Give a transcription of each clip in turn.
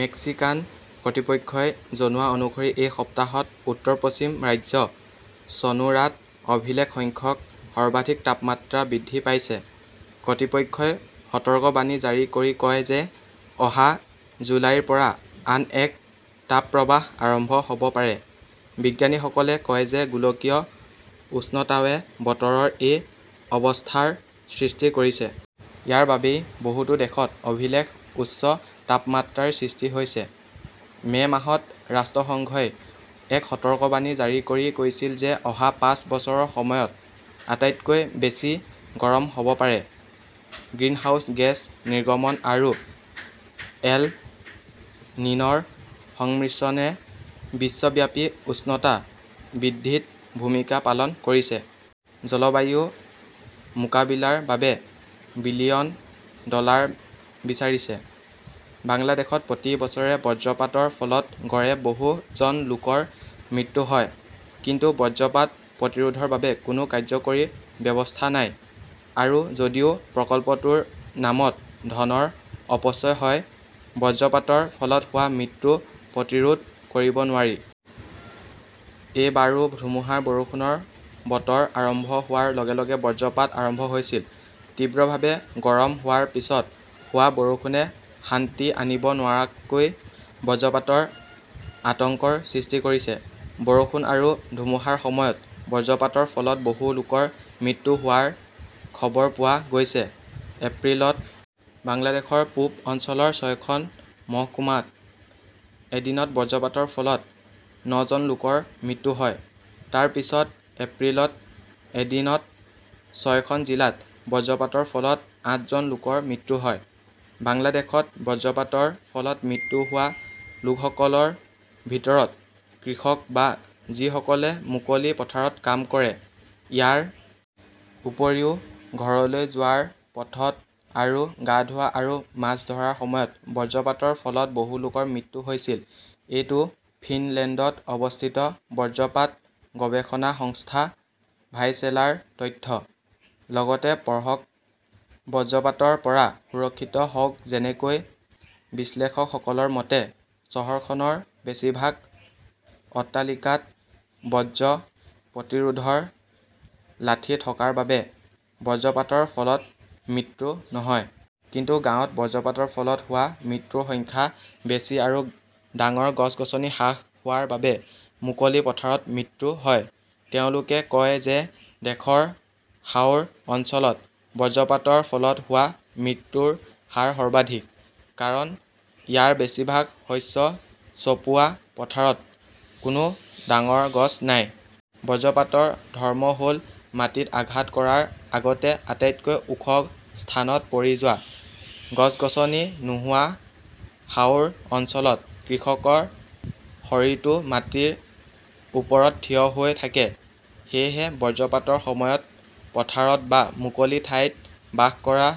Mexican কৰ্তৃপক্ষই জনোৱা অনুসৰি এই সপ্তাহত উত্তৰ-পশ্চিম ৰাজ্য চনোৰাত অভিলেখ সংখ্যক সৰ্বাধিক তাপমাত্ৰা বৃদ্ধি পাইছে। কৰ্তৃপক্ষই সতৰ্কবাণী জাৰি কৰি কয় যে অহা জুলাইৰ পৰা আন এক তাপপ্ৰবাহ আৰম্ভ হ'ব পাৰে। বিজ্ঞানীসকলে কয় যে গোলকীয় উষ্ণতাৱে বতৰৰ এই অৱস্থাৰ সৃষ্টি কৰিছে। ইয়াৰ বাবেই বহুতো দেশত অভিলেখ উচ্চ তাপমাত্ৰাৰ সৃষ্টি হৈছে। মে' মাহত ৰাষ্ট্ৰসংঘই এক সতৰ্কবাণী জাৰি কৰি কৈছিল যে অহা পাঁচ বছৰৰ সময়ত আটাইতকৈ বেছি গৰম হ'ব পাৰে। গ্ৰিনহাউজ গেছ নিৰ্গমন আৰু এল নিন'ৰ সংমিশ্ৰণে বিশ্বব্যাপী উষ্ণতা বৃদ্ধিত ভূমিকা পালন কৰিছে। জলবায়ু মোকাবিলাৰ বাবে বিলিয়ন ডলাৰ বিচাৰিছে। বাংলাদেশত প্ৰতি বছৰে বজ্ৰপাতৰ ফলত গড়ে বহু জন লোকৰ মৃত্যু হয়। কিন্তু বজ্ৰপাত প্ৰতিৰোধৰ বাবে কোনো কাৰ্যকৰী ব্যৱস্থা নাই। আৰু যদিও প্ৰকল্পটোৰ নামত ধনৰ অপচয় হয়, বজ্ৰপাতৰ ফলত হোৱা মৃত্যু প্ৰতিৰোধ কৰিব নোৱাৰি। এইবাৰো ধুমুহাৰ বৰষুণৰ বতৰ আৰম্ভ হোৱাৰ লগে লগে বজ্ৰপাত আৰম্ভ হৈছিল। তীব্ৰভাৱে গৰম হোৱাৰ পিছত হোৱা বৰষুণে শান্তি আনিব নোৱাৰাকৈ বজ্ৰপাতৰ আতংকৰ সৃষ্টি কৰিছে। বৰষুণ আৰু ধুমুহাৰ সময়ত বজ্ৰপাতৰ ফলত বহু লোকৰ মৃত্যু হোৱাৰ খবৰ পোৱা গৈছে। এপ্ৰিলত বাংলাদেশৰ পূব অঞ্চলৰ ছয়খন মহকুমাত এদিনত বজ্ৰপাতৰ ফলত নজন লোকৰ মৃত্যু হয়। তাৰ পিছত এপ্ৰিলত এদিনত ছয়খন জিলাত বজ্ৰপাতৰ ফলত আঠজন লোকৰ মৃত্যু হয়। বাংলাদেশত বজ্ৰপাতৰ ফলত মৃত্যু হোৱা লোকসকলৰ ভিতৰত কৃষক বা যিসকলে মুকলি পথাৰত কাম কৰে। ইয়াৰ উপৰিও, ঘৰলৈ যোৱাৰ পথত আৰু গা ধোৱা আৰু মাছ ধৰাৰ সময়ত বজ্ৰপাতৰ ফলত বহুলোকৰ মৃত্যু হৈছিল। এইটো ফিনলেণ্ডত অৱস্থিত বজ্ৰপাত গৱেষণা সংস্থা ভাইচেলাৰ তথ্য। লগতে পঢ়কঃ বজ্ৰপাতৰ পৰা সুৰক্ষিত হওঁক যেনেকৈ বিশ্লেষকসকলৰ মতে, চহৰখনৰ বেছিভাগ অট্টালিকাত বজ্ৰ প্ৰতিৰোধৰ লাঠি থকাৰ বাবে বজ্ৰপাতৰ ফলত মৃত্যু নহয়। কিন্তু গাঁৱত বজ্ৰপাতৰ ফলত হোৱা মৃত্যুৰ সংখ্যা বেছি আৰু ডাঙৰ গছ-গছনি হ্ৰাস হোৱাৰ বাবে মুকলি পথাৰত মৃত্যু হয়। তেওঁলোকে কয় যে দেশৰ হাওৰ অঞ্চলত বজ্ৰপাতৰ ফলত হোৱা মৃত্যুৰ হাৰ সৰ্বাধিক। কাৰণ ইয়াৰ বেছিভাগ শস্য চপোৱা পথাৰত কোনো ডাঙৰ গছ নাই। বজ্ৰপাতৰ ধৰ্ম হ'ল মাটিত আঘাত কৰাৰ আগতে আটাইতকৈ ওখ স্থানত পৰি যোৱা। গছ-গছনি নোহোৱা হাওৰ অঞ্চলত কৃষকৰ শৰীৰটো মাটিৰ ওপৰত থিয় হৈ থাকে। সেয়েহে বজ্ৰপাতৰ সময়ত পথাৰত বা মুকলি ঠাইত বাস কৰা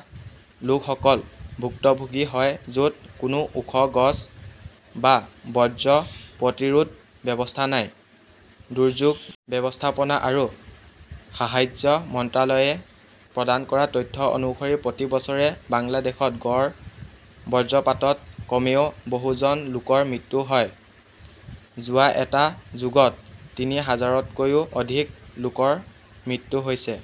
লোকসকল ভুক্তভোগী হয় য'ত কোনো ওখ গছ বা বজ্ৰ প্ৰতিৰোধ ব্যৱস্থা নাই। দুৰ্যোগ ব্যৱস্থাপনা আৰু সাহায্য মন্ত্ৰালয়ে প্ৰদান কৰা তথ্য অনুসৰি প্ৰতি বছৰে বাংলাদেশত গড় বজ্ৰপাতত কমেও বহুজন লোকৰ মৃত্যু হয়। যোৱা এটা যুগত তিনি হাজাৰতকৈও অধিক লোকৰ মৃত্যু হৈছে।